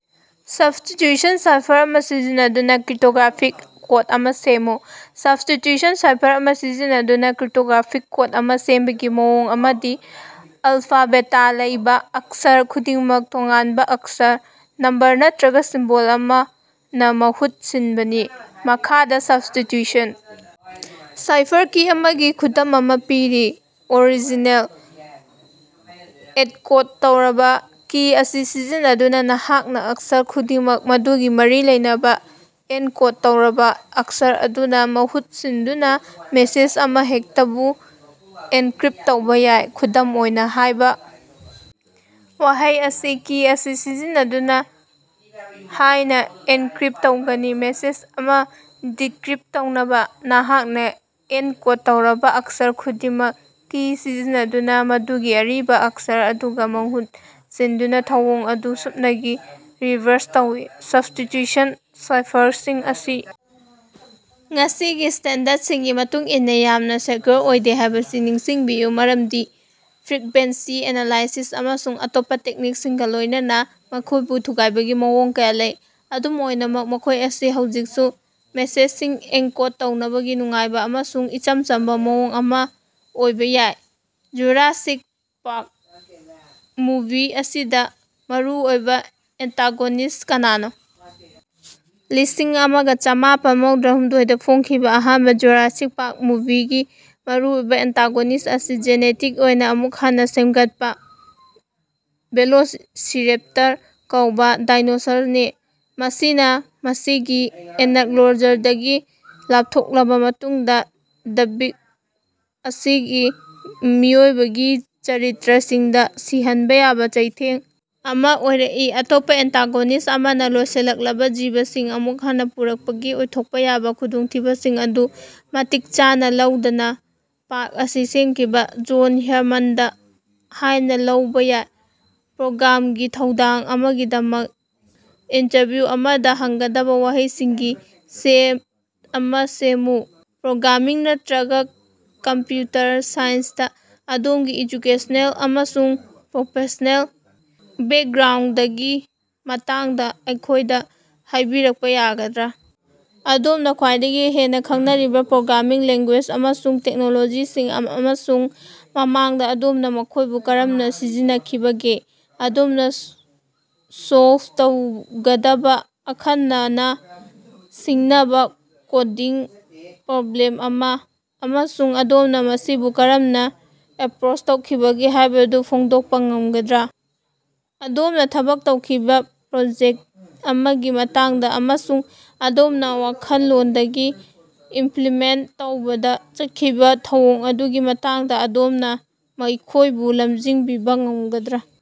Substitution cipher ꯑꯃ ꯁꯤꯖꯤꯟꯅꯗꯨꯅ cryptographic code ꯑꯃ ꯁꯦꯝꯃꯨ꯫ ꯁꯕ꯭ꯁꯇꯤꯇ꯭ꯌꯨꯁꯟ ꯁꯥꯏꯐꯔ ꯑꯃ ꯁꯤꯖꯤꯟꯅꯗꯨꯅ ꯀ꯭ꯔꯤꯞꯇꯣꯒ꯭ꯔꯥꯐꯤꯛ ꯀꯣꯗ ꯑꯃ ꯁꯦꯝꯕꯒꯤ ꯃꯑꯣꯡ ꯑꯃꯗꯤ ꯑꯜꯐꯥ ꯕꯦꯇꯥ ꯂꯩꯕ ꯑꯛꯁꯔ ꯈꯨꯗꯤꯡꯃꯛ ꯇꯣꯉꯥꯟꯕ ꯑꯛꯁꯔ, ꯅꯝꯕꯔ ꯅꯠꯇꯔꯒ ꯁꯤꯝꯕꯣꯜ ꯑꯃꯅ ꯃꯍꯨꯠ ꯁꯤꯟꯕꯅꯤ꯫ ꯃꯈꯥꯗ ꯁꯕ꯭ꯁꯇꯤꯇ꯭ꯌꯨꯁꯟ ꯁꯥꯏꯐꯔ ꯀꯤ ꯑꯃꯒꯤ ꯈꯨꯗꯝ ꯑꯃ ꯄꯤꯔꯤ, ꯑꯣꯔꯤꯖꯤꯅꯦꯜ - ꯑꯦꯟꯀꯣꯗ ꯇꯧꯔꯕ ꯀꯤ ꯑꯁꯤ ꯁꯤꯖꯤꯟꯅꯗꯨꯅ, ꯅꯍꯥꯛꯅ ꯑꯛꯁꯔ ꯈꯨꯗꯤꯡꯃꯛ ꯃꯗꯨꯒꯤ ꯃꯔꯤ ꯂꯩꯅꯕ ꯑꯦꯟꯀꯣꯗ ꯇꯧꯔꯕ ꯑꯛꯁꯔ ꯑꯗꯨꯅ ꯃꯍꯨꯠ ꯁꯤꯟꯗꯨꯅ ꯃꯦꯁꯦꯖ ꯑꯃꯍꯦꯛꯇꯕꯨ ꯑꯦꯟꯀ꯭ꯔꯤꯞꯇ ꯇꯧꯕ ꯌꯥꯏ꯫ ꯈꯨꯗꯝ ꯑꯣꯏꯅ, ꯍꯥꯏꯕ ꯋꯥꯍꯩ ꯑꯁꯤ ꯀꯤ ꯑꯁꯤ ꯁꯤꯖꯤꯟꯅꯗꯨꯅ ꯍꯥꯏꯅ ꯑꯦꯟꯀ꯭ꯔꯤꯞꯇ ꯇꯧꯒꯅꯤ꯫ ꯃꯦꯁꯦꯖ ꯑꯃ ꯗꯤꯀ꯭ꯔꯤꯞꯇ ꯇꯧꯅꯕ, ꯅꯍꯥꯛꯅ ꯑꯦꯟꯀꯣꯗ ꯇꯧꯔꯕ ꯑꯛꯁꯔ ꯈꯨꯗꯤꯡꯃꯛ ꯀꯤ ꯁꯤꯖꯤꯟꯅꯗꯨꯅ ꯃꯗꯨꯒꯤ ꯑꯔꯤꯕ ꯑꯛꯁꯔ ꯑꯗꯨꯒ ꯃꯍꯨꯠ ꯁꯤꯟꯗꯨꯅ ꯊꯧꯑꯣꯡ ꯑꯗꯨ ꯁꯨꯞꯅꯒꯤ ꯔꯤꯚꯔꯁ ꯇꯧꯏ꯫ ꯁꯕ꯭ꯁꯇꯤꯇ꯭ꯌꯨꯁꯟ ꯁꯥꯏꯐꯔꯁꯤꯡ ꯑꯁꯤ ꯉꯁꯤꯒꯤ ꯁ꯭ꯇꯦꯟꯗꯔꯗꯁꯤꯡꯒꯤ ꯃꯇꯨꯡ ꯏꯟꯅ ꯌꯥꯝꯅ ꯁꯦꯀ꯭ꯌꯨꯔ ꯑꯣꯏꯗꯦ ꯍꯥꯏꯕꯁꯤ ꯅꯤꯡꯁꯤꯡꯕꯤꯌꯨ, ꯃꯔꯝꯗꯤ ꯐ꯭ꯔꯤꯛꯕꯦꯟꯁꯤ ꯑꯦꯅꯥꯂꯥꯏꯁꯤꯁ ꯑꯃꯁꯨꯡ ꯑꯇꯣꯞꯄ ꯇꯦꯛꯅꯤꯛꯁꯤꯡꯒ ꯂꯣꯏꯅꯅ ꯃꯈꯣꯏꯕꯨ ꯊꯨꯒꯥꯏꯕꯒꯤ ꯃꯑꯣꯡ ꯀꯌꯥ ꯂꯩ꯫ ꯑꯗꯨꯝ ꯑꯣꯏꯅꯃꯛ, ꯃꯈꯣ ꯑꯁꯤ ꯍꯧꯖꯤꯛꯁꯨ ꯃꯦꯁꯦꯖꯁꯤꯡ ꯑꯦꯟꯀꯣꯗ ꯇꯧꯅꯕꯒꯤ ꯅꯨꯡꯉꯥꯏꯕ ꯑꯃꯁꯨꯡ ꯏꯆꯝ ꯆꯝꯕ ꯃꯑꯣꯡ ꯑꯃ ꯑꯣꯏꯕ ꯌꯥꯏ꯫ ꯖꯨꯔꯥꯁꯤꯛ ꯄꯥꯔꯛ ꯃꯨꯚꯤ ꯑꯁꯤꯗ ꯃꯔꯨ ꯑꯣꯏꯕ ꯑꯦꯟꯇꯥꯒꯣꯅꯤꯁ꯭ꯠ ꯀꯅꯥꯅꯣ? ꯂꯤꯁꯤꯡ ꯑꯃꯒ ꯆꯃꯥꯄꯜ ꯃꯧꯗ꯭ꯔꯥ ꯍꯨꯝꯗꯣꯏꯗꯥ ꯐꯣꯉꯡꯈꯤꯕ ꯑꯍꯥꯟꯕ ꯖꯨꯔꯥꯁꯤꯛ ꯄꯥꯔꯛ ꯃꯨꯚꯤꯒꯤ ꯃꯔꯨꯑꯣꯏꯕ ꯑꯦꯟꯇꯥꯒꯣꯅꯤꯁ꯭ꯠ ꯑꯁꯤ ꯖꯤꯅꯦꯇꯤꯛ ꯑꯣꯏꯅ ꯑꯃꯨꯛ ꯍꯟꯅ ꯁꯦꯝꯒꯠꯄ ꯚꯦꯂꯣꯁꯤꯔꯦꯞꯇꯔ ꯀꯧꯕ ꯗꯥꯏꯅꯣꯁꯥꯔꯁꯅꯤ, ꯃꯁꯤꯅ ꯃꯁꯤꯒꯤ ꯑꯦꯅꯛꯂꯣꯖꯔꯗꯒꯤ ꯂꯥꯞꯊꯣꯛꯂꯕ ꯃꯇꯨꯡꯗꯥ ꯗ꯭ꯕꯤꯞ ꯑꯁꯤꯒꯤ ꯃꯤꯑꯣꯏꯕꯒꯤ ꯆꯔꯤꯇꯔꯁꯤꯡꯗ ꯁꯤꯍꯟꯕ ꯌꯥꯕ ꯆꯩꯊꯦꯡ ꯑꯃ ꯑꯣꯏꯔꯛꯏ꯫ ꯑꯇꯣꯞꯄ ꯑꯦꯟꯇꯥꯒꯣꯅꯤꯁ꯭ꯠ ꯑꯃꯅ ꯂꯣꯏꯁꯤꯜꯂꯛꯂꯕꯥ ꯖꯤꯕꯁꯤꯡ ꯑꯃꯨꯛ ꯍꯟꯅ ꯄꯨꯔꯛꯄꯒꯤ ꯑꯣꯏꯊꯣꯛꯄ ꯌꯥꯕ ꯈꯨꯗꯣꯡꯊꯤꯕꯁꯤꯡ ꯑꯗꯨ ꯃꯇꯤꯛ ꯆꯥꯅ ꯂꯧꯗꯅ ꯄꯥꯔꯛ ꯑꯁꯤ ꯁꯦꯝꯈꯤꯕ ꯖꯣꯟ ꯍ꯭ꯌꯥꯃꯟꯗ ꯍꯥꯏꯅ ꯂꯧꯕ ꯌꯥꯏ꯫ ꯄ꯭ꯔꯣꯒ꯭ꯔꯥꯝꯔꯒꯤ ꯊꯧꯗꯥꯡ ꯑꯃꯒꯤꯗꯃꯛ ꯏꯟꯇꯔꯚꯤꯎ ꯑꯃꯗ ꯍꯪꯒꯗꯕ ꯋꯥꯍꯪꯁꯤꯡꯒꯤ ꯁꯦꯠ ꯑꯃ ꯁꯦꯝꯃꯨ꯫ ꯄ꯭ꯔꯣꯒ꯭ꯔꯥꯃꯤꯡ ꯅꯠꯇꯔꯒ ꯀꯝꯄ꯭ꯌꯨꯇꯔ ꯁꯥꯏꯟꯁꯇꯥ ꯑꯗꯣꯝꯒꯤ ꯑꯦꯖꯨꯀꯦꯁꯅꯦꯜ ꯑꯃꯁꯨꯡ ꯄ꯭ꯔꯣꯐꯦꯁ꯭ꯅꯦꯜ ꯕꯦꯛꯒ꯭ꯔꯥꯎꯟꯗꯒꯤ ꯃꯇꯥꯡꯗ ꯑꯩꯈꯣꯏꯗ ꯍꯥꯏꯕꯤꯔꯛꯄ ꯌꯥꯒꯗ꯭ꯔꯥ? ꯑꯗꯣꯝꯅ ꯈ꯭ꯋꯥꯏꯗꯒꯤ ꯍꯦꯟꯅ ꯈꯪꯅꯔꯤꯕ ꯄ꯭ꯔꯣꯒ꯭ꯔꯥꯃꯤꯡ ꯂꯦꯡꯒꯨꯌꯦꯖ ꯑꯃꯁꯨꯡ ꯇꯦꯛꯅꯣꯂꯣꯖꯤꯁꯤꯡ, ꯑꯃꯁꯨꯡ ꯃꯃꯥꯡꯗ ꯑꯗꯣꯝꯅ ꯃꯈꯣꯏꯕꯨ ꯀꯔꯝꯅ ꯁꯤꯖꯤꯟꯅꯈꯤꯕꯒꯦ? ꯑꯗꯣꯝꯅ ꯁꯣꯜꯕ ꯇꯧꯒꯗꯕ ꯑꯈꯟꯅꯅ ꯁꯤꯡꯅꯕ ꯀꯣꯗꯤꯡ ꯄ꯭ꯔꯣꯕ꯭ꯂꯦꯝ ꯑꯃ, ꯑꯃꯁꯨꯡ ꯑꯗꯣꯝꯅ ꯃꯁꯤꯕꯨ ꯀꯔꯝꯅ ꯑꯦꯞꯔꯣꯆ ꯇꯧꯈꯤꯕꯒꯦ ꯍꯥꯏꯕꯗꯨ ꯐꯣꯡꯗꯣꯛꯄ ꯉꯝꯒꯗ꯭ꯔꯥ? ꯑꯗꯣꯝꯅ ꯊꯕꯛ ꯇꯧꯈꯤꯕ ꯄ꯭ꯔꯣꯖꯦꯛꯇ ꯑꯃꯒꯤ ꯃꯇꯥꯡꯗ ꯑꯃꯁꯨꯡ ꯑꯗꯣꯝꯅ ꯋꯥꯈꯟꯂꯣꯟꯗꯒꯤ ꯏꯝꯐ꯭ꯂꯤꯃꯦꯟꯇ ꯇꯧꯕꯗ ꯆꯠꯈꯤꯕ ꯊꯧꯑꯣꯡ ꯑꯗꯨꯒꯤ ꯃꯇꯥꯡꯗ ꯑꯗꯣꯝꯅ ꯑꯩꯈꯣꯏꯕꯨ ꯂꯝꯖꯤꯡꯕꯤꯕ ꯉꯝꯒꯗ꯭ꯔꯥ?